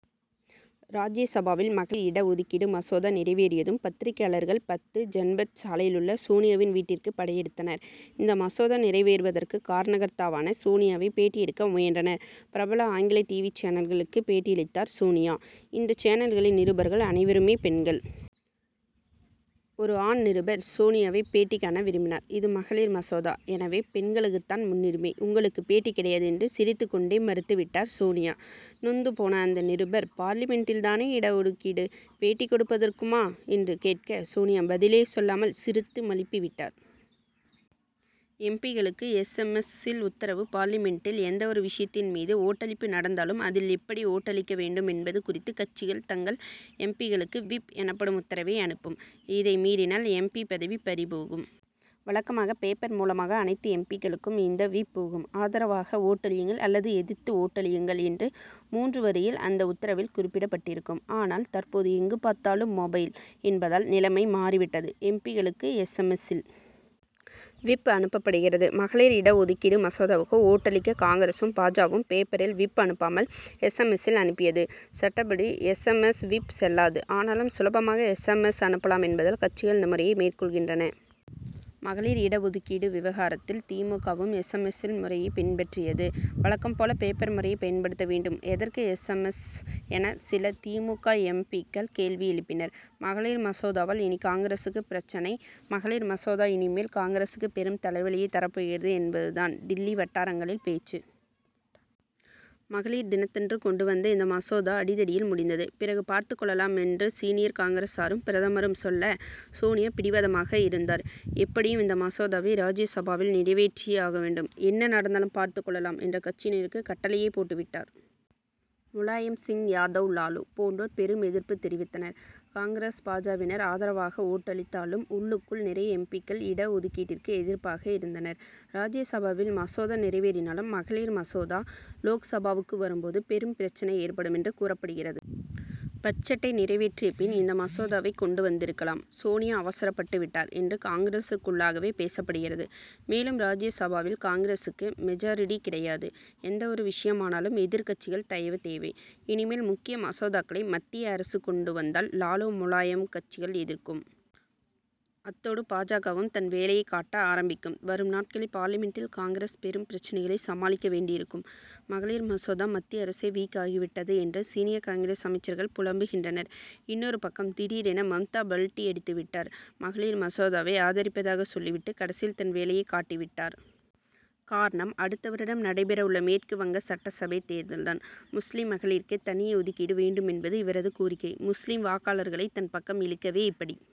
ராஜ்ய சபாவில் மகளிர் இட ஒதுக்கீடு மசோதா நிறைவேறியதும் பத்திரிகையாளர்கள் பத்து ஜன்பத் சாலையிலுள்ள சோனியாவின் வீட்டிற்கு படையெடுத்தனர். இந்த மசோதா நிறைவேறுவதற்கு காரணகர்த்தாவான சோனியாவை பேட்டி எடுக்க முயன்றனர். பிரபல ஆங்கில டிவி சேனல்களுக்கு பேட்டியளித்தார் சோனியா. இந்த சேனல்களின் நிருபர்கள் அனைவருமே பெண்கள். ஒரு ஆண் நிருபர் சோனியாவை பேட்டி காண விரும்பினார். இது மகளிர் மசோதா எனவே பெண்களுக்குத்தான் முன்னுரிமை உங்களுக்குப் பேட்டி கிடையாது என்று சிரித்துக் கொண்டே மறுத்துவிட்டார் சோனியா. நொந்து போன அந்த நிருபர் பார்லிமென்டில்தானே இட ஒதுக்கீடு பேட்டி கொடுப்பதற்குமா? என்று கேட்க சோனியா பதிலே சொல்லாமல் சிரித்து மழுப்பி விட்டார். எம். பி.க்களுக்கு எஸ். எம். எஸ்.சில் உத்தரவு பார்லிமென்டில் எந்த ஒரு விஷயத்தின் மீது ஓட்டளிப்பு நடந்தாலும் அதில் எப்படி ஓட்டளிக்க வேண்டும் என்பது குறித்து கட்சிகள் தங்கள் எம். பி.க்களுக்கு விப் எனப்படும் உத்தரவை அனுப்பும். இதை மீறினால் எம். பி. பதவி பறிபோகும். வழக்கமாக பேப்பர் மூலமாக அனைத்து எம். பி.க்களுக்கும் இந்த விப் போகும். ஆதரவாக ஓட்டளியுங்கள் அல்லது எதிர்த்து ஓட்டளியுங்கள் என்று மூன்று வரியில் அந்த உத்தரவில் குறிப்பிடப்பட்டிருக்கும். ஆனால் தற்போது எங்கு பார்த்தாலும் மொபைல் என்பதால் நிலைமை மாறிவிட்டது. எம். பி.க்களுக்கு எஸ். எம். எஸ்.சில் விப் அனுப்பப்படுகிறது. மகளிர் இடஒதுக்கீடு மசோதாவுக்கு ஓட்டளிக்க காங்கிரசும் பா. ஜ.வும் பேப்பரில் விப் அனுப்பாமல் எஸ். எம். எஸ். அனுப்பியது. சட்டப்படி எஸ். எம். எஸ். விப் செல்லாது. ஆனாலும் சுலபமாக எஸ். எம். எஸ். அனுப்பலாம் என்பதால் கட்சிகள் இந்த முறையை மேற்கொள்கின்றன. மகளிர் இட ஒதுக்கீடு விவகாரத்தில் தி. மு. க.வும் எஸ். எம். எஸ். முறையை பின்பற்றியது. வழக்கம் போல பேப்பர் முறையை பயன்படுத்த வேண்டும் எதற்கு எஸ். எம். எஸ். என சில தி. மு. க. எம். பி.க்கள் கேள்வி எழுப்பினர். மகளிர் மசோதாவால் இனி காங்கிரசுக்கு பிரச்னை மகளிர் மசோதா இனிமேல் காங்கிரசுக்கு பெரும் தலைவலியை தரப்போகிறது என்பதுதான் டில்லி வட்டாரங்களில் பேச்சு. மகளிர் தினத்தன்று கொண்டு வந்த இந்த மசோதா அடிதடியில் முடிந்தது. பிறகு பார்த்துக் கொள்ளலாம் என்று சீனியர் காங்கிரசாரும் பிரதமரும் சொல்ல சோனியா பிடிவாதமாக இருந்தார். எப்படியும் இந்த மசோதாவை ராஜ்யசபாவில் நிறைவேற்றியே ஆக வேண்டும். என்ன நடந்தாலும் பார்த்துக் கொள்ளலாம் என்று கட்சியினருக்கு கட்டளையே போட்டுவிட்டார். முலாயம் சிங் யாதவ் லாலு போன்றோர் பெரும் எதிர்ப்பு தெரிவித்தனர். காங்கிரஸ் பா. ஜ.வினர் ஆதரவாக ஓட்டளித்தாலும் உள்ளுக்குள் நிறைய எம். பி.க்கள் இட ஒதுக்கீட்டிற்கு எதிர்ப்பாக இருந்தனர். ராஜ்ய சபாவில் மசோதா நிறைவேறினாலும் மகளிர் மசோதா லோக்சபாவுக்கு வரும் போது பெரும் பிரச்னை ஏற்படும் என்று கூறப்படுகிறது. பட்ஜெட்டை நிறைவேற்றிய பின் இந்த மசோதாவை கொண்டு வந்திருக்கலாம். சோனியா அவசரப்பட்டு விட்டார் என்று காங்கிரசுக்குள்ளாகவே பேசப்படுகிறது. மேலும் ராஜ்யசபாவில் காங்கிரசுக்கு மெஜாரிடி கிடையாது. எந்த ஒரு விஷயமானாலும் எதிர்க்கட்சிகள் தயவு தேவை. இனிமேல் முக்கிய மசோதாக்களை மத்திய அரசு கொண்டு வந்தால் லாலு முலாயம் கட்சிகள் எதிர்க்கும். அத்தோடு பா. ஜ.வும் தன் வேலையைக் காட்ட ஆரம்பிக்கும். வரும் நாட்களில் பார்லிமென்டில் காங்கிரஸ் பெரும் பிரச்னைகளை சமாளிக்க வேண்டியிருக்கும். மகளிர் மசோதா மத்திய அரசை வீக் ஆக்கிவிட்டது என்று சீனியர் காங்கிரஸ் அமைச்சர்கள் புலம்புகின்றனர். இன்னொரு பக்கம் திடீரென மம்தா பல்டி அடித்துவிட்டார். மகளிர் மசோதாவை ஆதரிப்பதாக சொல்லிவிட்டு கடைசியில் தன் வேலையைக் காட்டிவிட்டார். காரணம் அடுத்த வருடம் நடைபெற உள்ள மேற்கு வங்க சட்டசபை தேர்தல்தான். முஸ்லிம் மகளிருக்கு தனி ஒதுக்கீடு வேண்டும் என்பது இவரது கோரிக்கை. முஸ்லிம் வாக்காளர்களை தன் பக்கம் இழுக்கவே இப்படி.